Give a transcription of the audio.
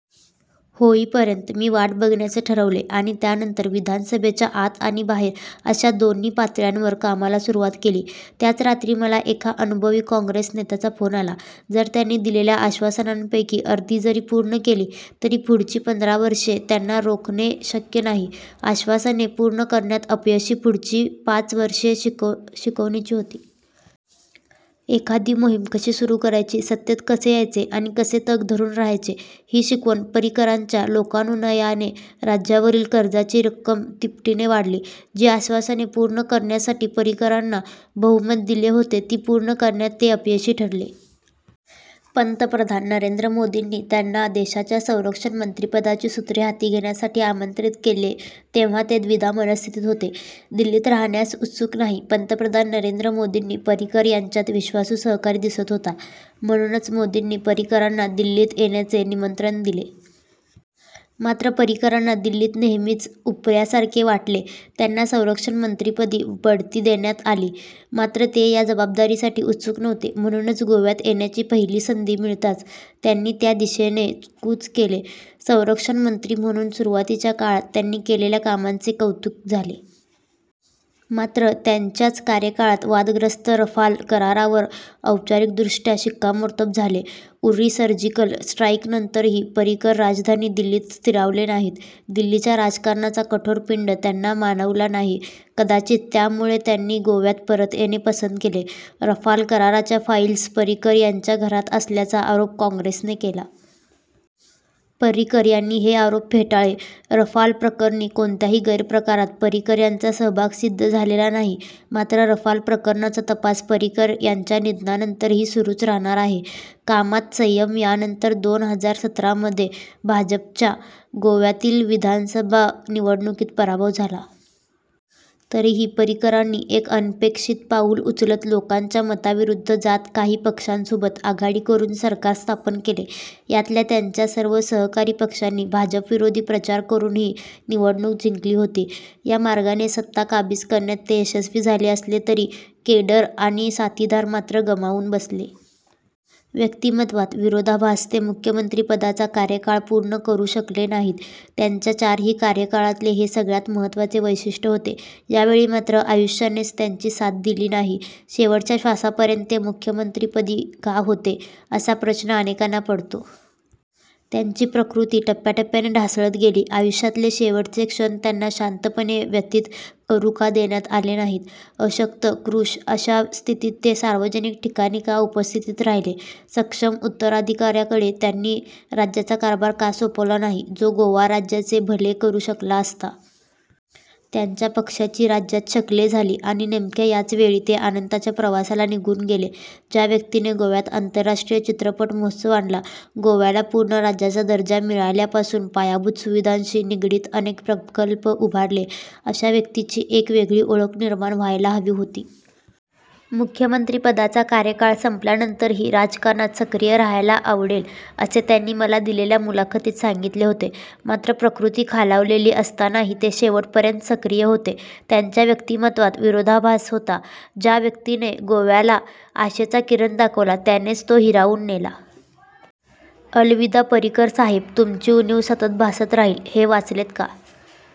होईपर्यंत मी वाट बघण्याचे ठरवले आणि त्यानंतर विधानसभेच्या आत आणि बाहेर अशा दोन्ही पातळ्यांवर कामाला सुरुवात केली." त्याच रात्री मला एका अनुभवी काँग्रेस नेत्याचा फोन आला. "जर त्यांनी दिलेल्या आश्वासनांपैकी अर्धी जरी पूर्ण केली, तरी पुढची पंधरा वर्षे त्यांना रोखणे शक्य नाही," आश्वासने पूर्ण करण्यात अपयश पुढची पाच वर्षे शिकवणीची होती. एखादी मोहीम कशी सुरू करायची, सत्तेत कसे यायचे आणि कसे तग धरून राहायचे, ही शिकवण. पर्रिकरांच्या लोकानुनयाने राज्यावरील कर्जाची रक्कम तिपटीने वाढली. जी आश्वासने पूर्ण करण्यासाठी पर्रिकरांना बहुमत दिले होते ती पूर्ण करण्यात ते अपयशी ठरले. पंतप्रधान नरेंद्र मोदींनी त्यांना देशाच्या संरक्षण मंत्रिपदाची सूत्रे हाती घेण्यासाठी आमंत्रित केले तेव्हा ते द्विधा मनस्थितीत होते. दिल्लीत राहण्यास उत्सुक नाही पंतप्रधान नरेंद्र मोदींना पर्रिकर यांच्यात विश्वासू सहकारी दिसत होता. म्हणूनच मोदींनी पर्रिकरांना दिल्लीत येण्याचे निमंत्रण दिले. मात्र पर्रिकरांना दिल्लीत नेहमीच उपऱ्यासारखे वाटले. त्यांना संरक्षण मंत्रिपदी बढती देण्यात आली. मात्र ते या जबाबदारीसाठी उत्सुक नव्हते. म्हणूनच गोव्यात येण्याची पहिली संधी मिळताच त्यांनी त्या दिशेने कूच केले. संरक्षण मंत्री म्हणून सुरुवातीच्या काळात त्यांनी केलेल्या कामाचे कौतुक झाले. मात्र त्यांच्याच कार्यकाळात वादग्रस्त रफाल करारावर औपचारिकदृष्ट्या शिक्कामोर्तब झाले. उरी सर्जिकल स्ट्राईकनंतरही पर्रिकर राजधानी दिल्लीत स्थिरावले नाहीत. दिल्लीच्या राजकारणाचा कठोर पिंड त्यांना मानवला नाही. कदाचित त्यामुळे त्यांनी गोव्यात परत येणे पसंत केले. रफाल कराराच्या फाईल्स पर्रिकर यांच्या घरात असल्याचा आरोप काँग्रेसने केला. पर्रिकर यांनी हे आरोप फेटाळले. रफालप्रकरणी कोणत्याही गैरप्रकारात पर्रिकर यांचा सहभाग सिद्ध झालेला नाही. मात्र रफाल प्रकरणाचा तपास पर्रिकर यांच्या निधनानंतरही सुरूच राहणार आहे. कामात संयम यानंतर दोन हजार सतरामध्ये भाजपचा गोव्यातील विधानसभा निवडणुकीत पराभव झाला. तरीही पर्रिकरांनी एक अनपेक्षित पाऊल उचलत लोकांच्या मताविरुद्ध जात काही पक्षांसोबत आघाडी करून सरकार स्थापन केले. यातल्या त्यांच्या सर्व सहकारी पक्षांनी भाजपविरोधी प्रचार करून ही निवडणूक जिंकली होती. या मार्गाने सत्ता काबीज करण्यात ते यशस्वी झाले असले तरी केडर आणि साथीदार मात्र गमावून बसले. व्यक्तिमत्त्वात विरोधाभास ते मुख्यमंत्रिपदाचा कार्यकाळ पूर्ण करू शकले नाहीत. त्यांच्या चारही कार्यकाळातले हे सगळ्यात महत्त्वाचे वैशिष्ट्य होते. यावेळी मात्र आयुष्यानेच त्यांची साथ दिली नाही. शेवटच्या श्वासापर्यंत ते मुख्यमंत्रीपदी का होते? असा प्रश्न अनेकांना पडतो. त्यांची प्रकृती टप्प्याटप्प्याने ढासळत गेली. आयुष्यातले शेवटचे क्षण त्यांना शांतपणे व्यतीत करू का देण्यात आले नाहीत? अशक्त, कृश अशा स्थितीत ते सार्वजनिक ठिकाणी का उपस्थित राहिले? सक्षम उत्तराधिकाऱ्याकडे त्यांनी राज्याचा कारभार का सोपवला नाही, जो गोवा राज्याचे भले करू शकला असता. त्यांच्या पक्षाची राज्यात शकले झाली आणि नेमक्या याच वेळी ते अनंताच्या प्रवासाला निघून गेले. ज्या व्यक्तीने गोव्यात आंतरराष्ट्रीय चित्रपट महोत्सव आणला, गोव्याला पूर्ण राज्याचा दर्जा मिळाल्यापासून पायाभूत सुविधांशी निगडित अनेक प्रकल्प उभारले, अशा व्यक्तीची एक वेगळी ओळख निर्माण व्हायला हवी होती. मुख्यमंत्री पदाचा कार्यकाळ संपल्यानंतरही राजकारणात सक्रिय राहायला आवडेल असे त्यांनी मला दिलेल्या मुलाखतीत सांगितले होते. मात्र प्रकृती खालावलेली असतानाही ते शेवटपर्यंत सक्रिय होते. त्यांच्या व्यक्तिमत्त्वात विरोधाभास होता. ज्या व्यक्तीने गोव्याला आशेचा किरण दाखवला, त्यानेच तो हिरावून नेला. अलविदा पर्रिकर साहेब, तुमची उणीव सतत भासत राहील. हे वाचलेत का?